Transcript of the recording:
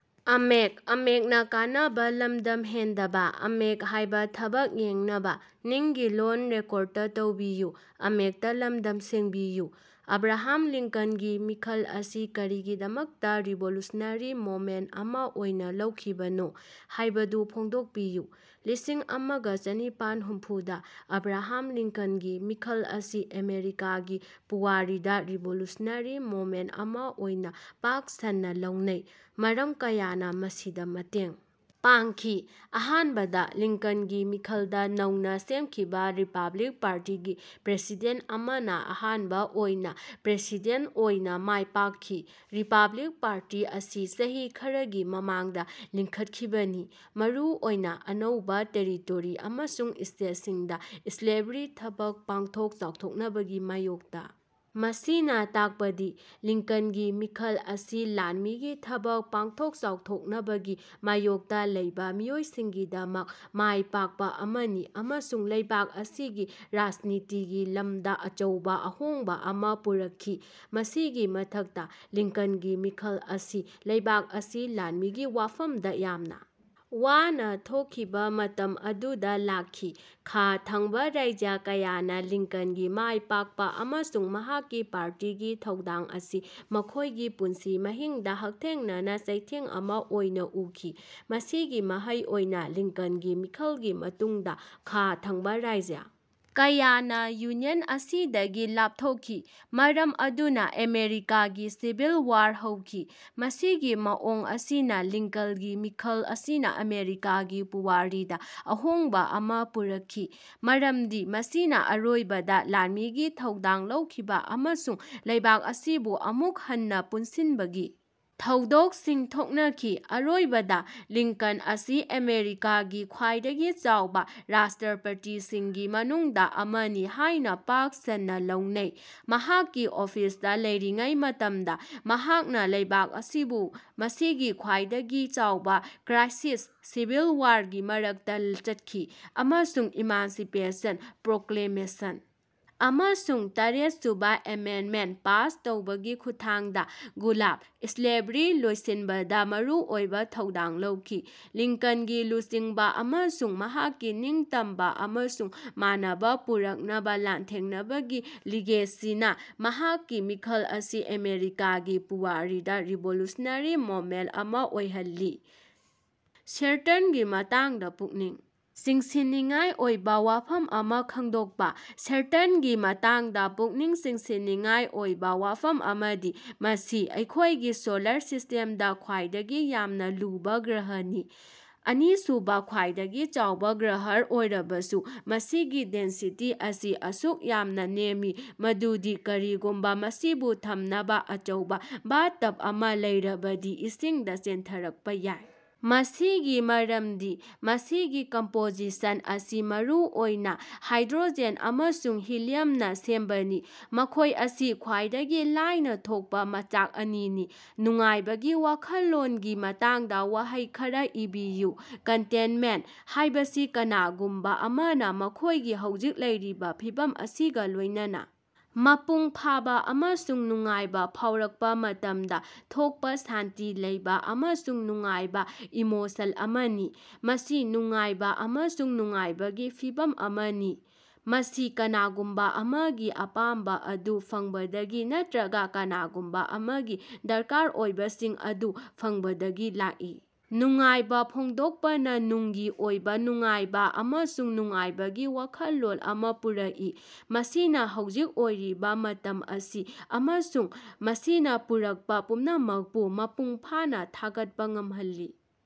"Abraham ꯂꯤꯟꯀꯟꯒꯤ ꯃꯤꯈꯜ ꯑꯁꯤ ꯀꯔꯤꯒꯤꯗꯃꯛꯇ ꯔꯤꯚꯣꯂꯨꯁꯅꯔꯤ ꯃꯣꯃꯦꯟꯠ ꯑꯃ ꯑꯣꯏꯅ ꯂꯧꯈꯤꯕꯅꯣ ꯍꯥꯌꯕꯗꯨ ꯐꯣꯡꯗꯣꯛꯄꯤꯌꯨ꯫ ꯂꯤꯁꯤꯡ ꯑꯃꯒ ꯆꯅꯤꯄꯥꯟꯍꯨꯝꯐꯨ ꯗ ꯑꯕ꯭ꯔꯥꯍꯥꯝ ꯂꯤꯟꯀꯟꯒꯤ ꯃꯤꯈꯜ ꯑꯁꯤ ꯑꯃꯦꯔꯤꯀꯥꯒꯤ ꯄꯨꯋꯥꯔꯤꯗ ꯔꯤꯚꯣꯂꯨꯁꯅꯔꯤ ꯃꯣꯃꯦꯟꯠ ꯑꯃ ꯑꯣꯏꯅ ꯄꯥꯛ ꯁꯟꯅ ꯂꯧꯅꯩ꯫ ꯃꯔꯝ ꯀꯌꯥꯅ ꯃꯁꯤꯗ ꯃꯇꯦꯡ ꯄꯥꯡꯈꯤ: ꯑꯍꯥꯟꯕꯗ, ꯂꯤꯟꯀꯟꯒꯤ ꯃꯤꯈꯜꯗ ꯅꯧꯅ ꯁꯦꯝꯈꯤꯕ ꯔꯤꯄꯕ꯭ꯂꯤꯛ ꯄꯥꯔꯇꯤꯒꯤ ꯄ꯭ꯔꯦꯁꯤꯗꯦꯟꯠ ꯑꯃꯅ ꯑꯍꯥꯟꯕ ꯑꯣꯏꯅ ꯄ꯭ꯔꯦꯁꯤꯗꯦꯟꯠ ꯑꯣꯏꯅ ꯃꯥꯏꯄꯥꯛꯈꯤ꯫ ꯔꯤꯄꯕ꯭ꯂꯤꯛ ꯄꯥꯔꯇꯤ ꯑꯁꯤ ꯆꯍꯤ ꯈꯔꯒꯤ ꯃꯃꯥꯡꯗ ꯂꯤꯡꯈꯠꯈꯤꯕꯅꯤ, ꯃꯔꯨ ꯑꯣꯏꯅ ꯑꯅꯧꯕ ꯇꯦꯔꯤꯇꯣꯔꯤ ꯑꯃꯁꯨꯡ ꯁ꯭ꯇꯦꯠꯁꯤꯡꯗ ꯁ꯭ꯂꯦꯚꯔꯤ ꯊꯕꯛ ꯄꯥꯡꯊꯣꯛ ꯆꯥꯎꯊꯣꯛꯅꯕꯒꯤ ꯃꯥꯌꯣꯛꯇ꯫ ꯃꯁꯤꯅ ꯇꯥꯛꯄꯗꯤ ꯂꯤꯉꯡꯀꯟꯒꯤ ꯃꯤꯈꯜ ꯑꯁꯤ ꯂꯥꯟꯃꯤꯒꯤ ꯊꯕꯛ ꯄꯥꯛꯊꯣꯛ ꯆꯥꯎꯊꯣꯛꯅꯕꯒꯤ ꯃꯥꯌꯣꯛꯇ ꯂꯩꯕ ꯃꯤꯑꯣꯏꯁꯤꯡꯒꯤꯗꯃꯛ ꯃꯥꯏꯄꯥꯛꯄ ꯑꯃꯅꯤ ꯑꯃꯁꯨꯡ ꯂꯩꯕꯥꯛ ꯑꯁꯤꯒꯤ ꯔꯥꯖꯅꯤꯇꯤꯒꯤ ꯂꯃꯗ ꯑꯆꯧꯕ ꯑꯍꯣꯡꯕ ꯑꯃ ꯄꯨꯔꯛꯈꯤ꯫ ꯃꯁꯤꯒꯤ ꯃꯊꯛꯇ, ꯂꯤꯡꯀꯟꯒꯤ ꯃꯤꯈꯜ ꯑꯁꯤ ꯂꯩꯕꯥꯛ ꯑꯁꯤ ꯂꯥꯟꯃꯤꯒꯤ ꯋꯥꯐꯝꯗ ꯌꯥꯝꯅ ꯋꯥꯅ ꯊꯣꯛꯈꯤꯕ ꯃꯇꯝ ꯑꯗꯨꯗ ꯂꯥꯛꯈꯤ꯫ ꯈꯥ ꯊꯪꯕ ꯔꯥꯖ꯭ꯌ ꯀꯌꯥꯅꯥ ꯂꯤꯡꯀꯟꯒꯤ ꯃꯥꯏꯄꯥꯛꯄ ꯑꯃꯁꯨꯡ ꯃꯍꯥꯛꯀꯤ ꯄꯥꯔꯇꯤꯒꯤ ꯊꯧꯗꯥꯡ ꯑꯁꯤ ꯃꯈꯣꯏꯒꯤ ꯄꯨꯟꯁꯤ ꯃꯍꯤꯡꯗ ꯍꯛꯊꯦꯡꯅꯅ ꯆꯩꯊꯦꯡ ꯑꯃ ꯑꯣꯏꯅ ꯎꯈꯤ꯫ ꯃꯁꯤꯒꯤ ꯃꯍꯩ ꯑꯣꯏꯅ ꯂꯤꯡꯀꯟꯒꯤ ꯃꯤꯈꯜꯒꯤ ꯃꯇꯨꯡꯗ ꯈꯥ ꯊꯪꯕ ꯔꯥꯖ꯭ꯌ ꯀꯌꯥꯅ ꯌꯨꯅꯤꯌꯟ ꯑꯁꯤꯗꯒꯤ ꯂꯥꯞꯊꯣꯛꯈꯤ, ꯃꯔꯝ ꯑꯗꯨꯅ ꯑꯃꯦꯔꯤꯀꯥꯒꯤ ꯁꯤꯚꯤꯜ ꯋꯥꯔ ꯍꯧꯈꯤ꯫ ꯃꯁꯤꯒꯤ ꯃꯑꯣꯡ ꯑꯁꯤꯅ ꯂꯤꯡꯀꯟꯒꯤ ꯃꯤꯈꯜ ꯑꯁꯤꯅ ꯑꯃꯦꯔꯤꯀꯥꯒꯤ ꯄꯨꯋꯥꯔꯤꯗ ꯑꯍꯣꯡꯕ ꯑꯃ ꯄꯨꯔꯛꯈꯤ, ꯃꯔꯝꯗꯤ ꯃꯁꯤꯅ ꯑꯔꯣꯏꯕꯗ ꯂꯥꯟꯃꯤꯒꯤ ꯊꯧꯗꯥꯡ ꯂꯧꯈꯤꯕ ꯑꯃꯁꯨꯡ ꯂꯩꯕꯥꯛ ꯑꯁꯤꯕꯨ ꯑꯃꯨꯛ ꯍꯟꯅ ꯄꯨꯟꯁꯤꯅꯕꯒꯤ ꯊꯧꯗꯣꯛꯁꯤꯡ ꯊꯣꯛꯅꯈꯤ꯫ ꯑꯔꯣꯏꯕꯗ, ꯂꯤꯡꯀꯟ ꯑꯁꯤ ꯑꯃꯦꯔꯤꯀꯥꯒꯤ ꯈ꯭ꯋꯥꯏꯗꯒꯤ ꯆꯥꯎꯕ ꯔꯥꯁꯇ꯭ꯔꯄꯇꯤꯁꯤꯡꯒꯤ ꯃꯅꯨꯡꯗ ꯑꯃꯅꯤ ꯍꯥꯏꯅ ꯄꯥꯛ ꯁꯟꯅ ꯂꯧꯅꯩ꯫ ꯃꯍꯥꯛꯀꯤ ꯑꯣꯐꯤꯁꯇ ꯂꯩꯔꯤꯉꯩ ꯃꯇꯝꯗ ꯃꯍꯥꯛꯅ ꯂꯩꯕꯥꯛ ꯑꯁꯤꯕꯨ ꯃꯁꯤꯒꯤ ꯈ꯭ꯋꯥꯏꯗꯒꯤ ꯆꯥꯎꯕꯥ ꯀ꯭ꯔꯥꯏꯁꯤꯁ, ꯁꯤꯚꯤꯜ ꯋꯥꯔꯒꯤ ꯃꯔꯛꯇ ꯆꯠꯈꯤ ꯑꯃꯁꯨꯡ ꯏꯃꯥꯟꯁꯤꯄꯦꯁꯟ ꯄ꯭ꯔꯣꯀ꯭ꯂꯥꯃꯦꯁꯟ ꯑꯃꯁꯨꯡ ꯇꯔꯦꯠꯁꯨꯕ ꯑꯦꯃꯦꯟꯗꯃꯦꯟꯠ ꯄꯥꯁ ꯇꯧꯕꯒꯤ ꯈꯨꯠꯊꯥꯡꯗ ꯒꯨꯂꯥꯕ(ꯁ꯭ꯂꯦꯚꯔꯤ) ꯂꯣꯏꯁꯤꯅꯕꯗ ꯃꯔꯨꯑꯣꯏꯕ ꯊꯧꯗꯥꯡ ꯂꯧꯈꯤ꯫ ꯂꯤꯡꯀꯟꯒꯤ ꯂꯨꯆꯤꯡꯕ ꯑꯃꯁꯨꯡ ꯃꯍꯥꯛꯀꯤ ꯅꯤꯡꯇꯝꯕ ꯑꯃꯁꯨꯡ ꯃꯥꯟꯅꯕ ꯄꯨꯔꯛꯅꯕ ꯂꯥꯟꯊꯦꯡꯅꯕꯒꯤ ꯂꯤꯒꯦꯁꯤꯅ ꯃꯍꯥꯛꯀꯤ ꯃꯤꯈꯜ ꯑꯁꯤ ꯑꯃꯦꯔꯤꯀꯥꯒꯤ ꯄꯨꯋꯥꯔꯤꯗ ꯔꯤꯚꯣꯂꯨꯁꯅꯔꯤ ꯃꯣꯃꯦꯟꯇ ꯑꯃ ꯑꯣꯏꯍꯜꯂꯤ꯫ ꯁ꯭ꯌꯥꯇ꯭ꯔꯟꯒꯤ ꯃꯇꯥꯡꯗ ꯄꯨꯛꯅꯤꯡ ꯆꯤꯡꯁꯤꯟꯅꯤꯡꯉꯥꯏ ꯑꯣꯏꯕ ꯋꯥꯐꯝ ꯑꯃ ꯈꯉꯗꯣꯛꯄ꯫ ꯁ꯭ꯌꯥꯇ꯭ꯔꯟꯒꯤ ꯃꯇꯥꯡꯗ ꯄꯨꯛꯅꯤꯡ ꯆꯤꯡꯁꯤꯟꯅꯤꯡꯉꯥꯏ ꯑꯣꯏꯕ ꯋꯥꯐꯝ ꯑꯃꯗꯤ ꯃꯁꯤ ꯑꯩꯈꯣꯏꯒꯤ ꯁꯣꯂꯥꯔ ꯁꯤꯁ꯭ꯇꯦꯝꯗ ꯈ꯭ꯋꯥꯏꯗꯒꯤ ꯌꯥꯝꯅ ꯂꯨꯕ ꯒ꯭ꯔꯍꯅꯤ꯫ ꯑꯅꯤꯁꯨꯕ ꯈ꯭ꯋꯥꯏꯗꯒꯤ ꯆꯥꯎꯕ ꯒ꯭ꯔꯍ ꯑꯣꯏꯔꯕꯁꯨ, ꯃꯁꯤꯒꯤ ꯗꯦꯟꯁꯤꯇꯤ ꯑꯁꯤ ꯑꯁꯨꯛ ꯌꯥꯝꯅ ꯅꯦꯝꯃꯤ ꯃꯗꯨꯗꯤ ꯀꯔꯤꯒꯨꯝꯕ ꯃꯁꯤꯕꯨ ꯊꯝꯅꯕ ꯑꯆꯧꯕ ꯕꯥꯊꯇꯕ ꯑꯃ ꯂꯩꯔꯕꯗꯤ ꯏꯁꯤꯡꯗ ꯆꯦꯟꯊꯔꯛꯄ ꯌꯥꯏ! ꯃꯁꯤꯒꯤ ꯃꯔꯝꯗꯤ ꯃꯁꯤꯒꯤ ꯀꯝꯄꯣꯖꯤꯁꯟ ꯑꯁꯤ ꯃꯔꯨꯑꯣꯏꯅ ꯍꯥꯏꯗ꯭ꯔꯣꯖꯦꯟ ꯑꯃꯁꯨꯡ ꯍꯤꯂꯤꯌꯝꯅ ꯁꯦꯝꯕꯅꯤ, ꯃꯈꯣꯏ ꯑꯁꯤ ꯈ꯭ꯋꯥꯏꯗꯒꯤ ꯂꯥꯏꯅ ꯊꯣꯛꯄ ꯃꯆꯥꯛ ꯑꯅꯤꯅꯤ꯫ ꯅꯨꯡꯉꯥꯏꯕꯒꯤ ꯋꯥꯈꯜꯂꯣꯒꯤ ꯃꯇꯥꯡꯗ ꯋꯥꯍꯩ ꯈꯔ ꯏꯕꯤꯌꯨ꯫ ꯀꯟꯇꯦꯟꯇꯃꯦꯟꯠ ꯍꯥꯏꯕꯁꯤ ꯀꯅꯥꯒꯨꯝꯕ ꯑꯃꯅ ꯃꯈꯣꯏꯒꯤ ꯍꯧꯖꯤꯛ ꯂꯩꯔꯤꯕ ꯐꯤꯚꯝ ꯑꯁꯤꯒ ꯂꯣꯏꯅꯅ ꯃꯄꯨꯡ ꯐꯥꯕꯥ ꯑꯃꯁꯨꯡ ꯅꯨꯡꯉꯥꯏꯕ ꯐꯥꯎꯔꯛꯄ ꯃꯇꯝꯗ ꯊꯣꯛꯄ ꯁꯥꯟꯇꯤ ꯂꯩꯕ ꯑꯃꯁꯨꯡ ꯅꯨꯡꯉꯥꯏꯕ ꯏꯃꯣꯁꯟ ꯑꯃꯅꯤ꯫ ꯃꯁꯤ ꯅꯨꯡꯉꯥꯏꯕ ꯑꯃꯁꯨꯡ ꯅꯨꯡꯉꯥꯏꯕꯒꯤ ꯐꯤꯚꯝ ꯑꯃꯅꯤ, ꯃꯁꯤ ꯀꯅꯥꯒꯨꯝꯕ ꯑꯃꯒꯤ ꯑꯄꯥꯝꯕ ꯑꯗꯨ ꯐꯪꯕꯗꯒꯤ ꯅꯠꯇꯔꯒ ꯀꯅꯥꯒꯨꯝꯕ ꯑꯃꯒꯤ ꯗꯔꯀꯥꯔ ꯑꯣꯏꯕꯁꯤꯡ ꯑꯗꯨ ꯐꯪꯕꯗꯒꯤ ꯂꯥꯛꯏ꯫ ꯅꯨꯡꯉꯥꯏꯕ ꯐꯣꯡꯗꯣꯛꯄꯅ ꯅꯨꯡꯒꯤ ꯑꯣꯏꯕ ꯅꯨꯡꯉꯥꯏꯕ ꯑꯃꯁꯨꯡ ꯅꯨꯡꯉꯥꯏꯕꯒꯤ ꯋꯥꯈꯜꯂꯣꯟ ꯑꯃ ꯄꯨꯔꯛꯏ, ꯃꯁꯤꯅ ꯍꯧꯖꯤꯛ ꯑꯣꯏꯔꯤꯕ ꯃꯇꯝ ꯑꯁꯤ ꯑꯃꯁꯨꯡ ꯃꯁꯤꯅ ꯄꯨꯔꯛꯄ ꯄꯨꯝꯅꯃꯛꯄꯨ ꯃꯄꯨꯡ ꯐꯥꯅ ꯊꯥꯒꯠꯄ ꯉꯝꯍꯜꯂꯤ꯫